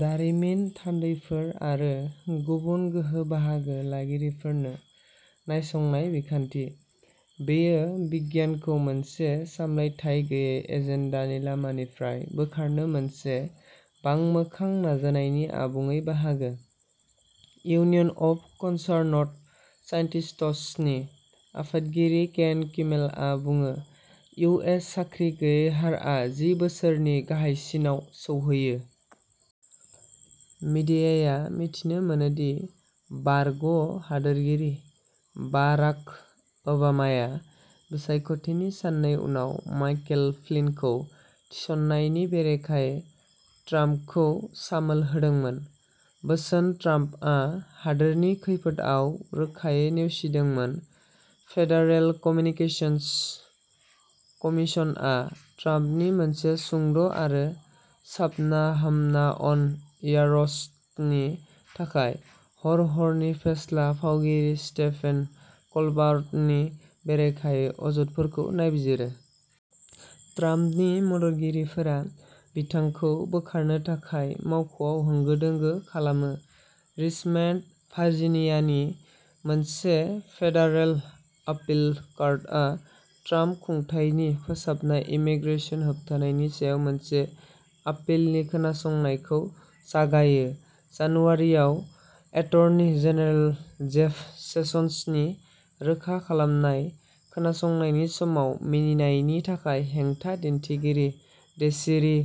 दारिमिन थान्दैफोर आरो गुबुन गोहो बाहागो लागिरिफोरनो नायसंनाय बिखान्थि। "बेयो बिगियानखौ मोनसे सामलायथाय गैयै एजेन्डानि लामानिफ्राय बोखारनो मोनसे बांमोखां नाजानायनि आबुङै बाहागो", इउनियन अफ कनसार्नड साइन्टिस्ट्सनि आफादगिरि केन किमेलआ बुङो- इउ. एस. साख्रि गैयै हारआ जि बोसोरनि गाहायसिनाव सौहैयो। मिडियाया मिथिनो मोनो दि बारग' हादोरगिरि बाराक ओबामाया बिसायख'थिनि साननै उनाव माइकेल फ्लिनखौ थिसननायनि बेरेखायै ट्राम्पखौ सामोल होदोंमोन, बोसोन ट्राम्पआ हादोरनि खैफोदआव रोखायै नेवसिदोंमोन। फेडारेल कमुनिकेसनस कमिसनआ ट्राम्पनि मोनसे सुंद' आरो साबना-हामना अन-एयार र'स्टनि थाखाय हर-हरनि फेस्ला फावगिरि स्टेफेन कलबार्टनि बेरेखायै अजदफोरखौ नायबिजिरो। ट्राम्पनि मददगिरिफोरा बिथांखौ बोखारनो थाखाय मावख'आव होंगो-दोंगो खालामो। रिचमेन्ड, भार्जिनियानि मोनसे फेडारेल आपिल कर्टआ ट्राम्प खुंथायनि फोसाबनाय इमिग्रेशन होबथानायनि सायाव मोनसे आपिलनि खोनासंनायखौ जागायो। जानुवारियाव एटर्नी जेनेरेल जेफ सेसन्सनि रोखा खालामनाय खोनासंनायनि समाव मिनिनायनि थाखाय हेंथा दिन्थिगिरि डेसिरी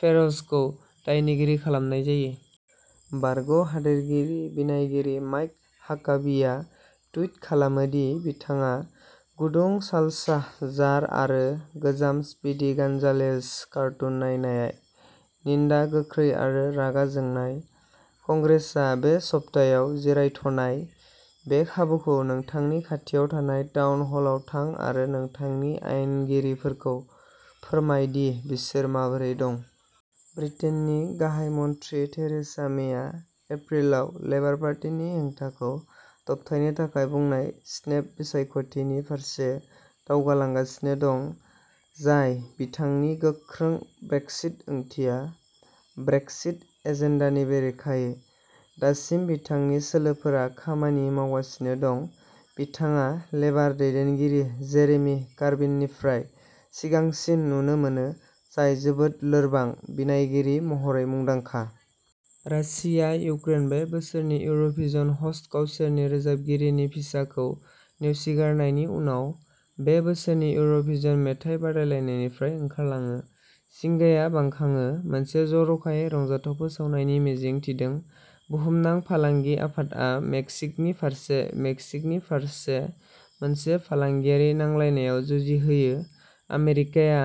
फेर'जखौ दायनिगिरि खालामनाय जायो। बारग' हादोरगिरि बिनायगिरि माइक हाकाबीआ टुइट खालामो दि बिथाङा गुदुं साल्सा जार आरो "गोजाम स्पिडी गन्जालेज कार्टुन" नायनाय। निन्दा गोख्रै आरो रागा जोंनाय। कंग्रेसआ बे सप्तायाव जिरायथ'नाय। बे खाबुखौ नोंथांनि खाथियाव थानाय टाउन हलआव थां आरो नोंथांनि आयेनगिरिफोरखौ फोरमाय दि बिसोर माबोरै दं। ब्रिटेननि गाहाय मन्थ्रि थेरेसा मेया एप्रिलाव लेबार पार्टीनि हेंथाखौ दबथायनो थाखाय बुंनाय स्नेप बिसायख'थिनि फारसे दावगालांगासिनो दं, जाय बिथांनि गोख्रों "ब्रेक्सिट ओंथिया ब्रेक्सिट" एजेन्डानि बेरेखायै। दासिम, बिथांनि सोलोफोरा खामानि मावगासिनो दं, बिथाङा लेबार दैदेनगिरि जेरेमी कर्बिननिफ्राय सिगांसिन नुनो मोनो, जाय जोबोद लोरबां बिनायगिरि महरै मुंदांखा। रासिया इउक्रेन बे बोसोरनि इउर'भिजन ह'स्ट गावसोरनि रोजाबगिरिनि भिसाखौ नेवसिगारनायनि उनाव बे बोसोरनि इउर'भिजन मेथाइ बादायलायनायनिफ्राय ओंखारलाङो। जिंगाया बांखाङो, मोनसे जर'खायै रंजाथाव फोसावनायनि मिजिं थिदों। बुहुमनां फालांगि आफादआ मेक्सिक'नि फारसे मेक्सिक'नि फारसे मोनसे फालांगियारि नांलायनायाव जुजि होयो, आमेरिकाया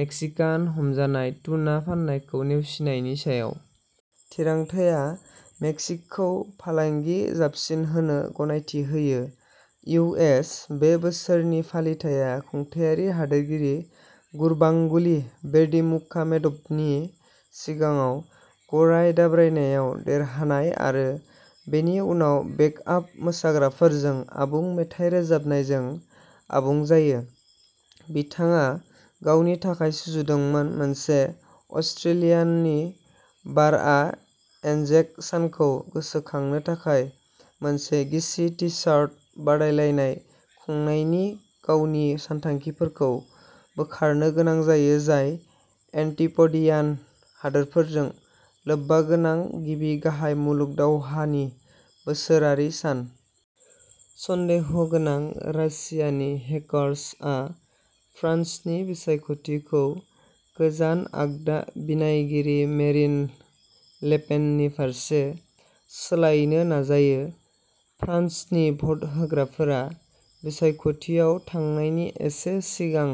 मेक्सिकान हमजानाय टुना फाननायखौ नेवसिनायनि सायाव। थिरांथाया मेक्सिक'खौ फालांगि जाबसिनहोनो गनायथि होयो। इउ. एस. बे बोसोरनि फालिथाइया खुंथायारि हादोरगिरि गुरबांगुलि बेरदिमुखाममेदभनि सिगाङाव गराय दाब्रायनायाव देरहानाय आरो बेनि उनाव बेकआप मोसाग्राफोरजों आबुं मेथाइ रोजाबनायजों आबुं जायो-बिथाङा गावनि थाखाय सुजुदोंमोन। मोनसे अस्ट्रेलियानि बारआ एन्जेक सानखौ गोसोखांनो थाखाय मोनसे गिसि टी सार्ट बादायलायनाय खुंनायनि गावनि सानथांखिफोरखौ बोखारनो गोनां जायो, जाय एन्टीप'डियान हादोरफोरजों लोब्बागोनां गिबि गाहाय मुलुग दावहानि बोसोरारि सान। सन्देह'गोनां रासियानि हेकार्सआ फ्रान्सनि बिसायख'थिखौ गोजान-आगदा बिनायगिरि मेरिन ले पेननि फारसे सोलायनो नाजायो, फ्रान्सनि भट होग्राफोरा बिसायख'थियाव थांनायनि एसे सिगां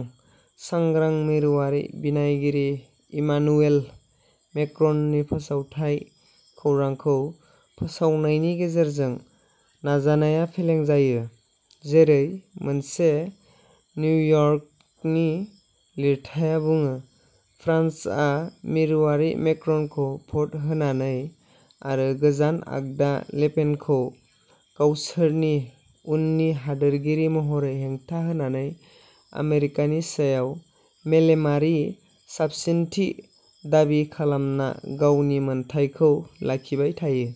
सांग्रां मिरुआरि बिनायगिरि इमानुएल मेक्र'ननि फोसावथाय खौरांखौ फोसावनायनि गेजेरजों। नाजानाया फेलें जायो। जेरै मोनसे निउ यर्कनि लिरथाइया बुङो, फ्रान्सआ मिरुआरि मेक्र'नखौ भ'ट होनानै आरो गोजान आगदा ले पेनखौ गावसोरनि उननि हादोरगिरि महरै हेंथा होनानै आमेरिकानि सायाव मेलेमारि साबसिनथि दाबि खालामना गावनि मोनथायखौ लाखिबाय थायो।